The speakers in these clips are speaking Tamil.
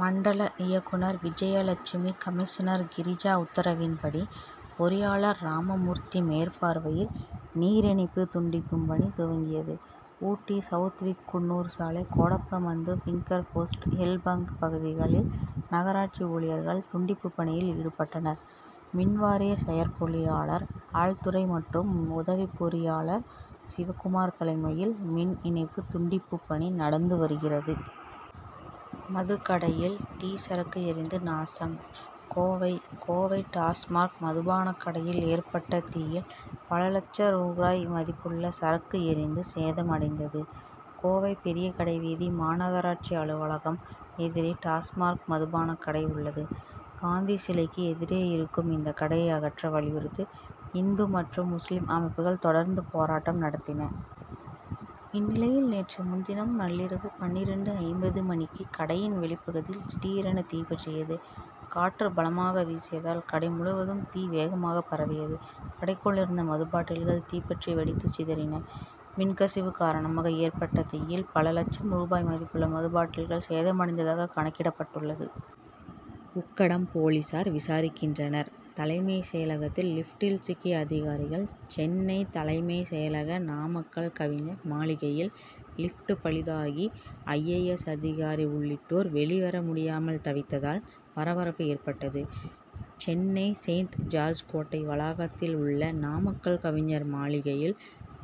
மண்டல இயக்குனர் விஜயலட்சுமி கமிஷனர் கிரிஜா உத்தரவின் படி பொறியாளர் ராமமூர்த்தி மேற்பார்வையில் நீர் இணைப்பு துண்டிக்கும் பணி துவங்கியது. ஊட்டி சவுத்விக் குன்னூர் சாலை கோடப்பமந்து பிங்கர்போஸ்ட் ஹில்பங்க் பகுதிகளில் நகராட்சி ஊழியர்கள் துண்டிப்பு பணியில் ஈடுபட்டனர். மின்வாரிய செயற்பொறியாளர் ஆல்துரை மற்றும் உதவி பொறியாளர் சிவகுமார் தலைமையில் மின் இணைப்பு துண்டிப்பு பணி நடந்து வருகிறது. மதுக்கடையில் தீ சரக்கு எரிந்து நாசம் கோவை கோவை டாஸ்மாக் மதுபானக் கடையில் ஏற்பட்ட தீயில் பல லட்சம் ரூபாய் மதிப்புள்ள சரக்கு எரிந்து சேதமடைந்தது. கோவை பெரிய கடைவீதி மாநகராட்சி அலுவலகம் எதிரே டாஸ்மாக் மதுபானக் கடை உள்ளது. காந்தி சிலைக்கு எதிரே இருக்கும் இந்த கடையை அகற்ற வலியுறுத்தி இந்து மற்றும் முஸ்லிம் அமைப்புகள் தொடர்ந்து போராட்டம் நடத்தின. இந்நிலையில் நேற்று முன்தினம் நள்ளிரவு பன்னிரண்டு ஐம்பது மணிக்கு கடையின் வெளிப்பகுதியில் திடீரென தீப்பற்றியது. காற்று பலமாக வீசியதால் கடை முழுவதும் தீ வேகமாக பரவியது. கடைக்குள் இருந்த மதுபாட்டில்கள் தீப்பற்றி வெடித்துச்சிதறின. மின்கசிவு காரணமாக ஏற்பட்ட தீயில் பல லட்சம் ரூபாய் மதிப்புள்ள மதுபாட்டில்கள் சேதமடைந்ததாக கணக்கிடப் பட்டுள்ளது. உக்கடம் போலீசார் விசாரிக்கின்றனர். தலைமைச் செயலகத்தில் லிப்டில் சிக்கிய அதிகாரிகள் சென்னை தலைமைச் செயலக நாமக்கல் கவிஞர் மாளிகையில் லிப்ட் பழுதாகி ஐ. ஏ. எஸ். அதிகாரி உள்ளிட்டோர் வெளிவர முடியாமல் தவித்ததால் பரபரப்பு ஏற்பட்டது. சென்னை செயின்ட் ஜார்ஜ் கோட்டை வளாகத்தில் உள்ள நாமக்கல் கவிஞர் மாளிகையில்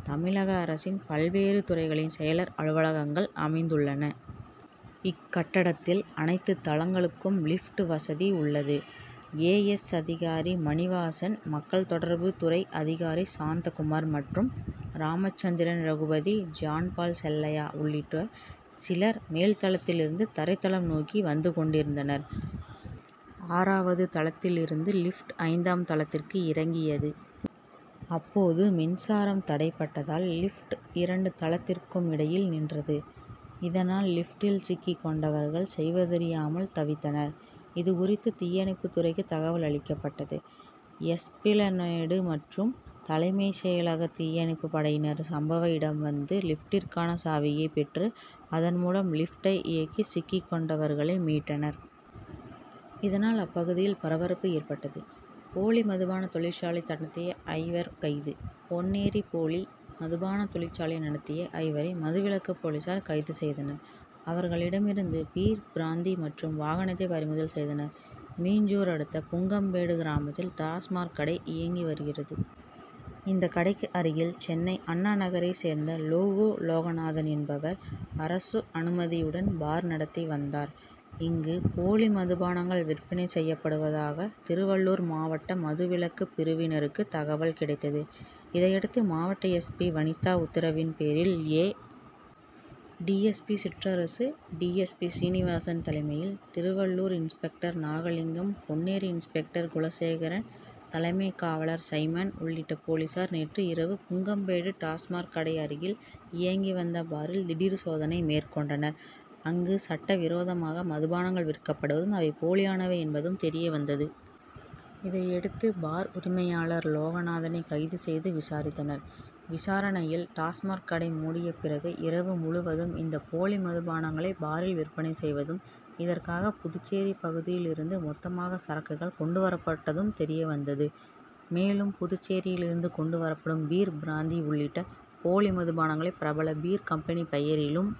தமிழக அரசின் பல்வேறு துறைகளின் செயலர் அலுவலகங்கள் அமைந்துள்ளன. இக்கட்டடத்தில் அனைத்து தளங்களுக்கும் லிப்ட் வசதி உள்ளது. ஏ. எஸ். அதிகாரி மணிவாசன் மக்கள் தொடர்பு துறை அதிகாரி சாந்தகுமார் மற்றும் ராமச்சந்திரன் ரகுபதி ஜான் பால் செல்லையா உள்ளிட்ட சிலர் மேல் தளத்தில் இருந்து தரை தளம் நோக்கி வந்து கொண்டிருந்தனர். ஆறாவது தளத்தில் இருந்து லிப்ட் ஐந்தாம் தளத்திற்கு இறங்கியது. அப்போது மின்சாரம் தடைபட்டதால் லிப்ட் இரண்டு தளத்திற்கும் இடையில் நின்றது. இதனால் லிப்ட்டில் சிக்கிக் கொண்டவர்கள் செய்வதறியாமல் தவித்தனர். இதுகுறித்து தீயணைப்புத் துறைக்கு தகவல் அளிக்கப்பட்டது. எஸ்பிளனேடு மற்றும் தலைமைச் செயலக தீயணைப்பு படையினர் சம்பவ இடம் வந்து லிப்ட்டிற்கான சாவியை பெற்று அதன் மூலம் லிப்டை இயக்கி சிக்கிக் கொண்டவர்களை மீட்டனர். இதனால் அப்பகுதியில் பரபரப்பு ஏற்பட்டது. போலி மதுபான தொழிற்சாலை நடத்திய ஐவர் கைது பொன்னேரி போலி மதுபான தொழிற்சாலை நடத்திய ஐவரை மதுவிலக்கு போலீசார் கைது செய்தனர். அவர்களிடமிருந்து பீர் பிராந்தி மற்றும் வாகனத்தை பறிமுதல் செய்தனர். மீஞ்சூர் அடுத்த புங்கம்பேடு கிராமத்தில் டாஸ்மாக் கடை இயங்கி வருகிறது. இந்த கடைக்கு அருகில் சென்னை அண்ணா நகரை சேர்ந்த லோகு லோகநாதன் என்பவர் அரசு அனுமதியுடன் பார் நடத்தி வந்தார். இங்கு போலி மதுபானங்கள் விற்பனை செய்யப்படுவதாக திருவள்ளூர் மாவட்ட மதுவிலக்கு பிரிவினருக்கு தகவல் கிடைத்தது. இதையடுத்து மாவட்ட எஸ். பி. வனிதா உத்தரவின்பேரில் A. D. S. P. Sitrarasu D. S. P. Srinivasan தலைமையில் திருவள்ளூர் இன்ஸ்பெக்டர் நாகலிங்கம் பொன்னேரி இன்ஸ்பெக்டர் குலசேகரன் தலைமை காவலர் சைமன் உள்ளிட்ட போலீசார் நேற்று இரவு புங்கம்பேடு டாஸ்மாக் கடை அருகில் இயங்கி வந்த பாரில் திடீர் சோதனை மேற்கொண்டனர். அங்கு சட்டவிரோதமாக மதுபானங்கள் விற்கப்படுவதும் அவை போலியானவை என்பதும் தெரியவந்தது. இதையடுத்து பார் உரிமையாளர் லோகநாதனை கைது செய்து விசாரித்தனர். விசாரணையில் டாஸ்மாக் கடை மூடிய பிறகு இரவு முழுவதும் இந்த போலி மாதுபானங்களை பாரில் விற்பனை செய்வதும் இதற்காக புதுச்சேரி பகுதியில் இருந்து மொத்தமாக சரக்குகள் கொண்டுவரப்பட்டதும் தெரியவந்தது. மேலும் புதுச்சேரியிலிருந்து கொண்டுவரப்படும் பீர் பிராந்தி உள்ளிட்ட போலி மதுபானங்களை பிரபல பீர் கம்பெனி பெயரிலும்.